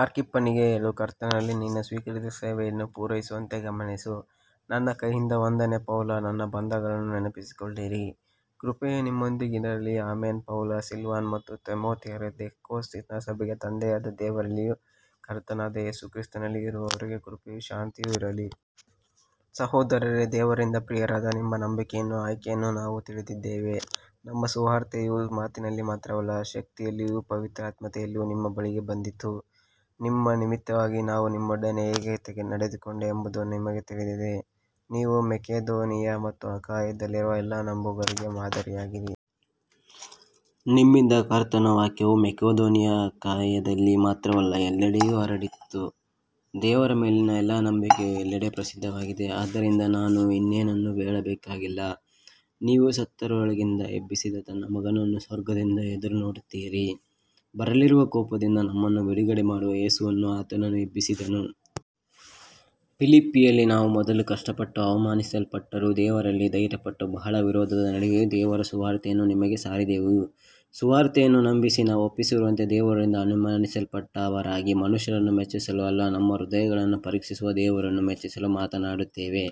ಆರ್ಕಿಪ್ಪನಿಗೆ ಹೇಳು, ಕರ್ತನಲ್ಲಿ ನೀನು ಸ್ವೀಕರಿಸಿದ ಸೇವೆಯನ್ನು ಪೂರೈಸುವಂತೆ ಗಮನಿಸು. ನನ್ನ ಕೈಯಿಂದ ವಂದನೆ, ಪೌಲ. ನನ್ನ ಬಂಧನಗಳನ್ನು ನೆನಪಿಸಿಕೊಳ್ಳಿರಿ. ಕೃಪೆಯು ನಿಮ್ಮೊಂದಿಗಿರಲಿ. ಆಮೆನ್. ಪೌಲ, ಸಿಲ್ವಾನ ಮತ್ತು ತಿಮೊಥೆಯರು ಥೆಸಲೋನಿಕದ ಸಭೆಗೆ, ತಂದೆಯಾದ ದೇವರಲ್ಲಿಯೂ ಕರ್ತನಾದ ಯೇಸು ಕ್ರಿಸ್ತನಲ್ಲಿಯೂ ಇರುವವರಿಗೆ, ಕೃಪೆಯೂ ಶಾಂತಿಯೂ ಇರಲಿ. ಸಹೋದರರೇ, ದೇವರಿಂದ ಪ್ರಿಯರಾದ ನಿಮ್ಮ ನಂಬಿಕೆಯನ್ನೂ ಆಯ್ಕೆಯನ್ನೂ ನಾವು ತಿಳಿದಿದ್ದೇವೆ. ನಮ್ಮ ಸುವಾರ್ತೆಯು ಮಾತಿನಲ್ಲಿ ಮಾತ್ರವಲ್ಲ, ಶಕ್ತಿಯಲ್ಲಿಯೂ ಪವಿತ್ರಾತ್ಮನಲ್ಲಿಯೂ ನಿಮ್ಮ ಬಳಿಗೆ ಬಂದಿತು. ನಿಮ್ಮ ನಿಮಿತ್ತವಾಗಿ ನಾವು ನಿಮ್ಮ ನಡುವೆ ಹೇಗೆ ನಡೆದುಕೊಂಡೆವು ಎಂಬುದು ನಿಮಗೆ ತಿಳಿದಿದೆ. ನೀವು ಮಕೆದೋನಿಯ ಮತ್ತು ಅಖಾಯದಲ್ಲಿರುವ ಎಲ್ಲ ನಂಬುವವರಿಗೆ ಮಾದರಿಯಾದಿರಿ. ನಿಮ್ಮಿಂದ ಕರ್ತನ ವಾಕ್ಯವು ಮಕೆದೋನಿಯ ಮತ್ತು ಅಖಾಯದಲ್ಲಿ ಮಾತ್ರವಲ್ಲ, ಎಲ್ಲೆಡೆಯೂ ಹರಡಿತು. ದೇವರ ಮೇಲಿನ ನಿಮ್ಮ ನಂಬಿಕೆಯು ಎಲ್ಲೆಡೆ ಪ್ರಸಿದ್ಧವಾಗಿದೆ. ಆದ್ದರಿಂದ ನಾವು ಇನ್ನೇನನ್ನೂ ಹೇಳಬೇಕಾಗಿಲ್ಲ. ನೀವು ಸತ್ತವರೊಳಗಿಂದ ಎಬ್ಬಿಸಿದ ತನ್ನ ಮಗನನ್ನು ಸ್ವರ್ಗದಿಂದ ಎದುರುನೋಡುತ್ತೀರಿ. ಬರಲಿರುವ ಕೋಪದಿಂದ ನಮ್ಮನ್ನು ಬಿಡುಗಡೆ ಮಾಡುವ ಯೇಸುವನ್ನು ಆತನು ಎಬ್ಬಿಸಿದನು. ಫಿಲಿಪ್ಪಿಯಲ್ಲಿ ನಾವು ಮೊದಲು ಕಷ್ಟಪಟ್ಟು ಅವಮಾನಿಸಲ್ಪಟ್ಟರೂ, ದೇವರಲ್ಲಿ ಧೈರ್ಯಪಟ್ಟು ಬಹಳ ವಿರೋಧದ ನಡುವೆ ದೇವರ ಸುವಾರ್ತೆಯನ್ನು ನಿಮಗೆ ಸಾರಿದೆವು. ಸುವಾರ್ತೆಯನ್ನು ನಂಬಿಸಿ ಒಪ್ಪಿಸುವಂತೆ ದೇವರಿಂದ ಅನುಮತಿಸಲ್ಪಟ್ಟವರಾಗಿ, ಮನುಷ್ಯರನ್ನು ಮೆಚ್ಚಿಸಲು ಅಲ್ಲ, ನಮ್ಮ ಹೃದಯಗಳನ್ನು ಪರೀಕ್ಷಿಸುವ ದೇವರನ್ನು ಮೆಚ್ಚಿಸಲು ಮಾತನಾಡುತ್ತೇವೆ.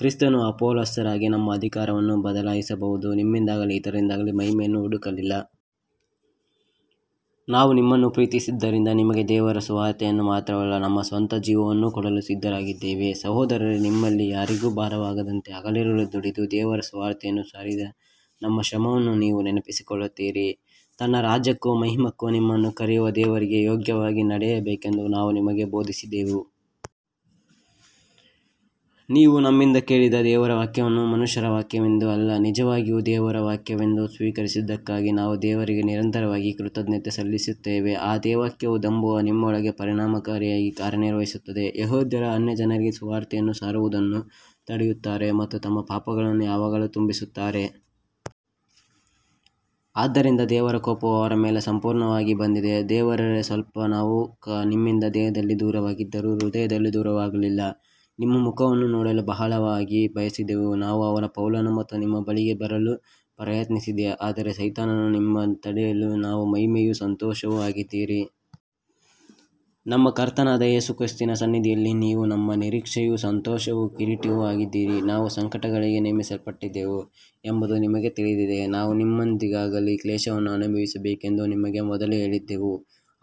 ಕ್ರಿಸ್ತನ ಅಪೊಸ್ತಲರಾಗಿ ನಮ್ಮ ಅಧಿಕಾರವನ್ನು ಬಳಸಬಹುದಾಗಿದ್ದರೂ ನಿಮ್ಮಿಂದಾಗಲಿ ಇತರರಿಂದಾಗಲಿ ಮಹಿಮೆಯನ್ನು ಹುಡುಕಲಿಲ್ಲ. ನಾವು ನಿಮ್ಮನ್ನು ಪ್ರೀತಿಸಿದ್ದರಿಂದ ನಿಮಗೆ ದೇವರ ಸುವಾರ್ತೆಯನ್ನು ಮಾತ್ರವಲ್ಲ, ನಮ್ಮ ಸ್ವಂತ ಜೀವವನ್ನೂ ಕೊಡಲು ಸಿದ್ಧರಾಗಿದ್ದೆವು. ಸಹೋದರರೇ, ನಿಮ್ಮಲ್ಲಿ ಯಾರಿಗೂ ಭಾರವಾಗದಂತೆ ಹಗಲಿರುಳು ದುಡಿದು ದೇವರ ಸುವಾರ್ತೆಯನ್ನು ಸಾರಿದ ನಮ್ಮ ಶ್ರಮವನ್ನು ನೀವು ನೆನಪಿಸಿಕೊಳ್ಳುತ್ತೀರಿ. ತನ್ನ ರಾಜ್ಯಕ್ಕೂ ಮಹಿಮಕ್ಕೂ ನಿಮ್ಮನ್ನು ಕರೆಯುವ ದೇವರಿಗೆ ಯೋಗ್ಯವಾಗಿ ನಡೆಯಬೇಕೆಂದು ನಾವು ನಿಮಗೆ ಬೋಧಿಸಿದೆವು. ನೀವು ನಮ್ಮಿಂದ ಕೇಳಿದ ದೇವರ ವಾಕ್ಯವನ್ನು ಮನುಷ್ಯರ ವಾಕ್ಯವೆಂದು ಅಲ್ಲ, ನಿಜವಾಗಿಯೂ ದೇವರ ವಾಕ್ಯವೆಂದು ಸ್ವೀಕರಿಸಿದ್ದಕ್ಕಾಗಿ ನಾವು ದೇವರಿಗೆ ನಿರಂತರವಾಗಿ ಕೃತಜ್ಞತೆ ಸಲ್ಲಿಸುತ್ತೇವೆ. ಆ ವಾಕ್ಯವು ನಂಬುವ ನಿಮ್ಮೊಳಗೆ ಪರಿಣಾಮಕಾರಿಯಾಗಿ ಕಾರ್ಯನಿರ್ವಹಿಸುತ್ತದೆ. ಯೆಹೂದ್ಯರು ಅನ್ಯಜನರಿಗೆ ಸುವಾರ್ತೆಯನ್ನು ಸಾರುವುದನ್ನು ತಡೆಯುತ್ತಾರೆ ಮತ್ತು ತಮ್ಮ ಪಾಪಗಳನ್ನು ಯಾವಾಗಲೂ ತುಂಬಿಸುತ್ತಾರೆ. ಆದ್ದರಿಂದ ದೇವರ ಕೋಪವು ಅವರ ಮೇಲೆ ಸಂಪೂರ್ಣವಾಗಿ ಬಂದಿದೆ. ಸಹೋದರರೇ, ನಾವು ಸ್ವಲ್ಪಕಾಲ ನಿಮ್ಮಿಂದ ದೇಹದಲ್ಲಿ ದೂರವಾಗಿದ್ದರೂ ಹೃದಯದಲ್ಲಿ ದೂರವಾಗಿರಲಿಲ್ಲ. ನಿಮ್ಮ ಮುಖವನ್ನು ನೋಡಲು ಬಹಳವಾಗಿ ಬಯಸಿದೆವು. ನಾನು ಪೌಲನು ಮತ್ತೆ ಮತ್ತೆ ನಿಮ್ಮ ಬಳಿಗೆ ಬರಲು ಪ್ರಯತ್ನಿಸಿದೆ, ಆದರೆ ಸೈತಾನನು ನಮ್ಮನ್ನು ತಡೆದನು. ನೀವು ನಮ್ಮ ಮಹಿಮೆಯೂ ಸಂತೋಷವೂ ಆಗಿದ್ದೀರಿ. ನಮ್ಮ ಕರ್ತನಾದ ಯೇಸು ಕ್ರಿಸ್ತನ ಸನ್ನಿಧಿಯಲ್ಲಿ ನೀವು ನಮ್ಮ ನಿರೀಕ್ಷೆಯೂ ಸಂತೋಷವೂ ಕಿರೀಟವೂ ಆಗಿದ್ದೀರಿ. ನಾವು ಸಂಕಟಗಳಿಗೆ ನೇಮಿಸಲ್ಪಟ್ಟಿದ್ದೇವೆ ಎಂಬುದು ನಿಮಗೆ ತಿಳಿದಿದೆ. ನಾವು ನಿಮ್ಮೊಂದಿಗಿದ್ದಾಗಲೇ ಕ್ಲೇಶವನ್ನು ಅನುಭವಿಸಬೇಕೆಂದು ನಿಮಗೆ ಮೊದಲೇ ಹೇಳಿದ್ದೆವು,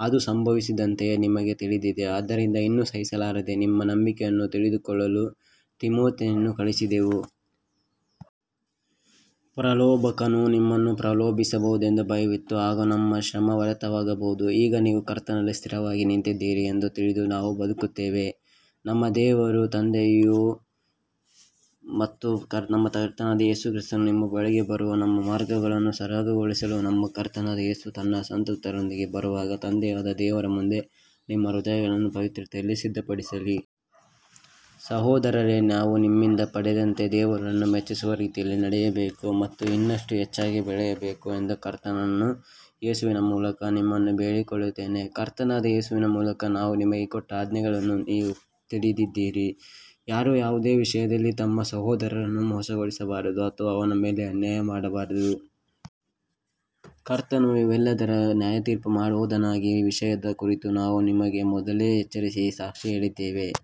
ಅದು ಸಂಭವಿಸಿದಂತೆಯೇ ನಿಮಗೆ ತಿಳಿದಿದೆ. ಆದ್ದರಿಂದ ಇನ್ನು ಸಹಿಸಲಾರದೆ ನಿಮ್ಮ ನಂಬಿಕೆಯನ್ನು ತಿಳಿದುಕೊಳ್ಳಲು ತಿಮೊಥೆಯನನ್ನು ಕಳುಹಿಸಿದೆವು. ಪ್ರಲೋಭಕನು ನಿಮ್ಮನ್ನು ಪ್ರಲೋಭಿಸಿರಬಹುದೆಂಬ ಭಯವಿತ್ತು, ಆಗ ನಮ್ಮ ಶ್ರಮ ವ್ಯರ್ಥವಾಗಬಹುದು. ಈಗ ನೀವು ಕರ್ತನಲ್ಲಿ ಸ್ಥಿರವಾಗಿ ನಿಂತಿದ್ದೀರಿ ಎಂದು ತಿಳಿದು ನಾವು ಬದುಕುತ್ತೇವೆ. ನಮ್ಮ ದೇವರೂ ತಂದೆಯೂ ಮತ್ತು ನಮ್ಮ ಕರ್ತನಾದ ಯೇಸು ಕ್ರಿಸ್ತನೂ ನಿಮ್ಮ ಬಳಿಗೆ ಬರುವ ನಮ್ಮ ಮಾರ್ಗವನ್ನು ಸರಾಗಗೊಳಿಸಲಿ. ನಮ್ಮ ಕರ್ತನಾದ ಯೇಸು ತನ್ನ ಎಲ್ಲಾ ಸಂತರೊಂದಿಗೆ ಬರುವಾಗ, ತಂದೆಯಾದ ದೇವರ ಮುಂದೆ ನಿಮ್ಮ ಹೃದಯಗಳನ್ನು ಪವಿತ್ರತೆಯಲ್ಲಿ ಸ್ಥಿರಪಡಿಸಲಿ. ಸಹೋದರರೇ, ನೀವು ನಮ್ಮಿಂದ ಪಡೆದಂತೆ ದೇವರನ್ನು ಮೆಚ್ಚಿಸುವ ರೀತಿಯಲ್ಲಿ ನಡೆಯಬೇಕು ಮತ್ತು ಇನ್ನಷ್ಟು ಹೆಚ್ಚಾಗಿ ಬೆಳೆಯಬೇಕು ಎಂದು ಕರ್ತನಾದ ಯೇಸುವಿನ ಮೂಲಕ ನಿಮ್ಮನ್ನು ಬೇಡಿಕೊಳ್ಳುತ್ತೇವೆ. ಕರ್ತನಾದ ಯೇಸುವಿನ ಮೂಲಕ ನಾವು ನಿಮಗೆ ಕೊಟ್ಟ ಆಜ್ಞೆಗಳನ್ನು ನೀವು ತಿಳಿದಿದ್ದೀರಿ. ಯಾರೂ ಯಾವುದೇ ವಿಷಯದಲ್ಲಿ ತನ್ನ ಸಹೋದರನನ್ನು ಮೋಸಗೊಳಿಸಬಾರದು ಅಥವಾ ಅವನ ಮೇಲೆ ಅನ್ಯಾಯ ಮಾಡಬಾರದು. ಕರ್ತನು ಇವೆಲ್ಲದರ ನ್ಯಾಯತೀರ್ಪು ಮಾಡುವವನಾಗಿದ್ದಾನೆ. ಈ ವಿಷಯದ ಕುರಿತು ನಾವು ನಿಮಗೆ ಮೊದಲೇ ಎಚ್ಚರಿಸಿ ಸಾಕ್ಷಿ ಹೇಳಿದ್ದೇವೆ.